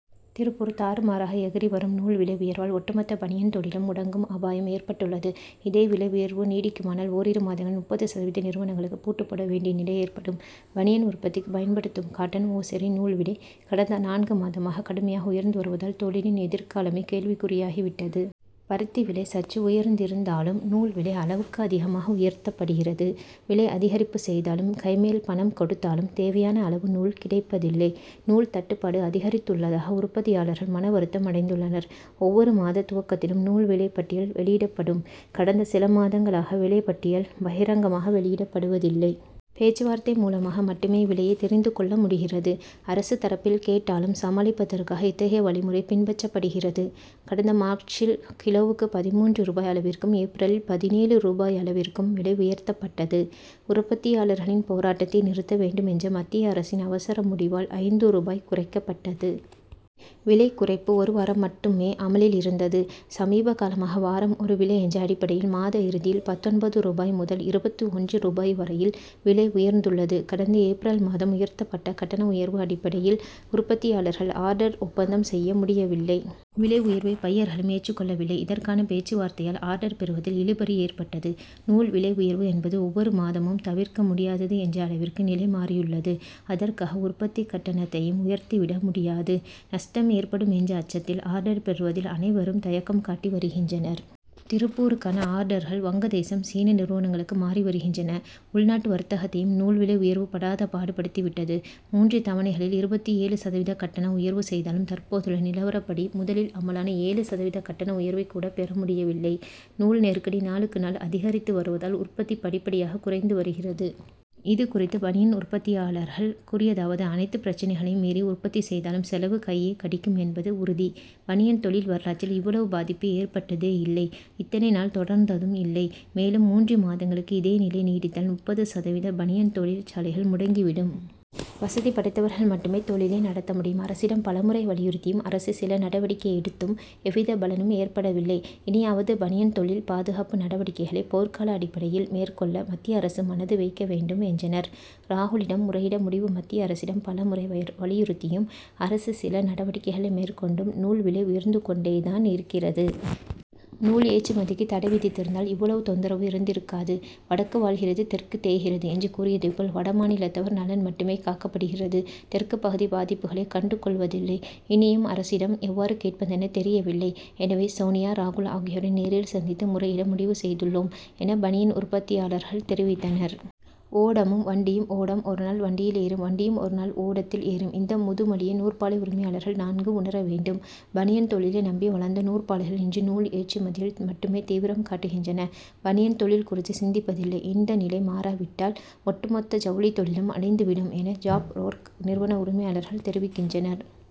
திருப்பூர் தாறுமாறாக எகிறி வரும் நூல் விலை உயர்வால், ஒட்டுமொத்த பனியன் தொழிலும் முடங்கும் அபாயம் ஏற்பட்டுள்ளது. இதேவிலை உயர்வு நீடிக்குமானால், ஓரிரு மாதங்களில், முப்பது சதவீத நிறுவனங்களுக்கு பூட்டுப்போட வேண்டிய நிலை ஏற்படும். பனியன் உற்பத்திக்கு பயன்படுத்தும், காட்டன் ஒசைரி நூல் விலை கடந்த நான்கு மாதமாக கடுமையாக உயர்ந்து வருவதால், தொழிலின் எதிர்காலமே கேள்விக்குறியாகி விட்டது. பருத்தி விலை சற்று உயர்ந்திருந்தாலும், நூல் விலை அளவுக்கு அதிகமாக உயர்த்தப்படுகிறது. விலை அதிகரிப்பு செய்தாலும், கைமேல் பணம் கொடுத்தாலும், தேவையான அளவு நூல் கிடைப்பதில்லை. நூல் தட்டுப்பாடு அதிகரித்துள்ளதாக உற்பத்தியாளர்கள் மனவருத்தம் அடைந்துள்ளனர். ஒவ்வொரு மாத துவக்கத்திலும் நூல் விலை பட்டியல் வெளியிடப்படும். கடந்த சிலமாதங்களாக, விலை பட்டியல் பகிரங்கமாக வெளியிடப்படுவதில்லை. பேச்சுவார்த்தை மூலமாக மட்டுமே விலையை தெரிந்துகொள்ள முடிகிறது. அரசு தரப்பில் கேட்டாலும், சமாளிப்பதற்காக இத்தகைய வழிமுறை பின்பற்றப்படுகிறது. கடந்த மார்ச்சில், கிலோவுக்கு பதின்மூன்று ரூபாய் அளவிற்கும், ஏப்ரலில் பதினேழு ரூபாய் அளவிற்கும் விலை உயர்த்தப்பட்டது. உற்பத்தியாளர்களின் போராட்டத்தை நிறுத்த வேண்டும் என்ற மத்திய அரசின் அவசர முடிவால், ஐந்து ரூபாய் குறைக்கப்பட்டது. விலை குறைப்பு ஒருவாரம் மட்டுமே அமலில் இருந்தது. சமீபகாலமாக, வாரம் ஒருவிலை என்ற அடிப்படையில், மாத இறுதியில், பத்தொன்பது ரூபாய் முதல் இருபத்து ஒன்று ரூபாய் வரையில் விலை உயர்ந்துள்ளது. கடந்த ஏப்ரல் மாதம் உயர்த்தப்பட்ட கட்டண உயர்வு அடிப்படையில், உற்பத்தியாளர்கள் ஆர்டர் ஒப்பந்தம் செய்ய முடியவில்லை. விலை உயர்வை பையர்களும் ஏற்றுக்கொள்ளவில்லை. இதற்கான பேச்சுவார்த்தையால், ஆர்டர் பெறுவதில் இழுபறி ஏற்பட்டது. நூல் விலை உயர்வு என்பது ஒவ்வொரு மாதமும் தவிர்க்க முடியாதது என்ற அளவிற்கு நிலை மாறியுள்ளது. அதற்காக, உற்பத்தி கட்டணத்தையும் உயர்த்திவிட முடியாது. நஷ்டம் ஏற்படும் என்ற அச்சத்தில், ஆர்டர் பெறுவதில் அனைவரும் தயக்கம் காட்டி வருகின்றனர். திருப்பூருக்கான ஆர்டர்கள், வங்கதேசம், சீன நிறுவனங்களுக்கு மாறிவருகின்றன. உள்நாட்டு வர்த்தகத்தையும், நூல் விலை உயர்வு படாதபாடு படுத்திவிட்டது. மூன்று தவணைகளில், இருபத்து ஏழு சதவீதம் கட்டண உயர்வு செய்தாலும், தற்போதுள்ள நிலவரப்படி முதலில் அமலான ஏழு சதவீத கட்டண உயர்வை கூட பெறமுடியவில்லை. நூல்நெருக்கடி நாளுக்கு நாள் அதிகரித்து வருவதால் உற்பத்தி படிப்படியாக குறைந்து வருகிறது. இதுகுறித்து பனியன் உற்பத்தியாளர்கள் கூறியதாவது அனைத்து பிரச்னைகளையும் மீறி உற்பத்தி செய்தாலும், செலவு கையை கடிக்கும் என்பது உறுதி. பனியன் தொழில் வரலாற்றில், இவ்வளவு பாதிப்பு ஏற்பட்டதே இல்லை; இத்தனை நாள் தொடர்ந்ததும் இல்லை. மேலும் மூன்று மாதங்களுக்கு இதேநிலை நீடித்தால், முப்பது சதவீத பனியன் தொழிற்சாலைகள் முடங்கிவிடும். வசதிபடைத்தவர்கள் மட்டுமே தொழிலை நடத்த முடியும். அரசிடம் பலமுறை வலியுறுத்தியும், அரசு சில நடவடிக்கை எடுத்தும் எவ்வித பலனும் ஏற்படவில்லை. இனியாவது பனியன் தொழில் பாதுகாப்பு நடவடிக்கைகளை போர்க்கால அடிப்படையில் மேற்கொள்ள, மத்திய அரசு மனது வைக்க வேண்டும், என்றனர். ராகுலிடம் முறையிட முடிவு மத்திய அரசிடம் பலமுறை வலியுறுத்தியும், அரசு சில நடவடிக்கைகளை மேற்கொண்டும் நூல் விலை உயர்ந்துகொண்டே தான் இருக்கிறது. நூல் ஏற்றுமதிக்கு தடைவிதித்திருந்தால், இவ்வளவு தொந்தரவு இருந்திருக்காது. "வடக்கு வாழ்கிறது தெற்கு தேய்கிறது' என்று கூறியதை போல், வடமாநிலத்தவர் நலன் மட்டுமே காக்கப்படுகிறது. தெற்குப்பகுதி பாதிப்புகளை கண்டுகொள்வதில்லை. இனியும் அரசிடம் எவ்வாறு கேட்பதென தெரியவில்லை. எனவே, சோனியா, ராகுல் ஆகியோரை நேரில் சந்தித்து முறையிட முடிவு செய்துள்ளோம் என, பனியன் உற்பத்தியாளர்கள் தெரிவித்தனர். ஓடமும், வண்டியும் ஓடம் ஓருநாள் வண்டியில் ஏறும். வண்டியும் ஓருநாள் ஓடத்தில் ஏறும்' இந்த முதுமொழியை நூற்பாலை உரிமையாளர்கள் நன்கு உணரவேண்டும். பனியன் தொழிலை நம்பி வளர்ந்த நூற்பாலைகள் இன்று, நூல் ஏற்றுமதியில் மட்டுமே தீவிரம் காட்டுகின்றன; பனியன் தொழில் குறித்து சிந்திப்பதில்லை. இந்நிலை மாறாவிட்டால், ஒட்டுமொத்த ஜவுளித்தொழிலும் அழிந்துவிடும் என, ஜாப் ஒர்க் நிறுவன உரிமையாளர்கள் தெரிவிக்கின்றனர்.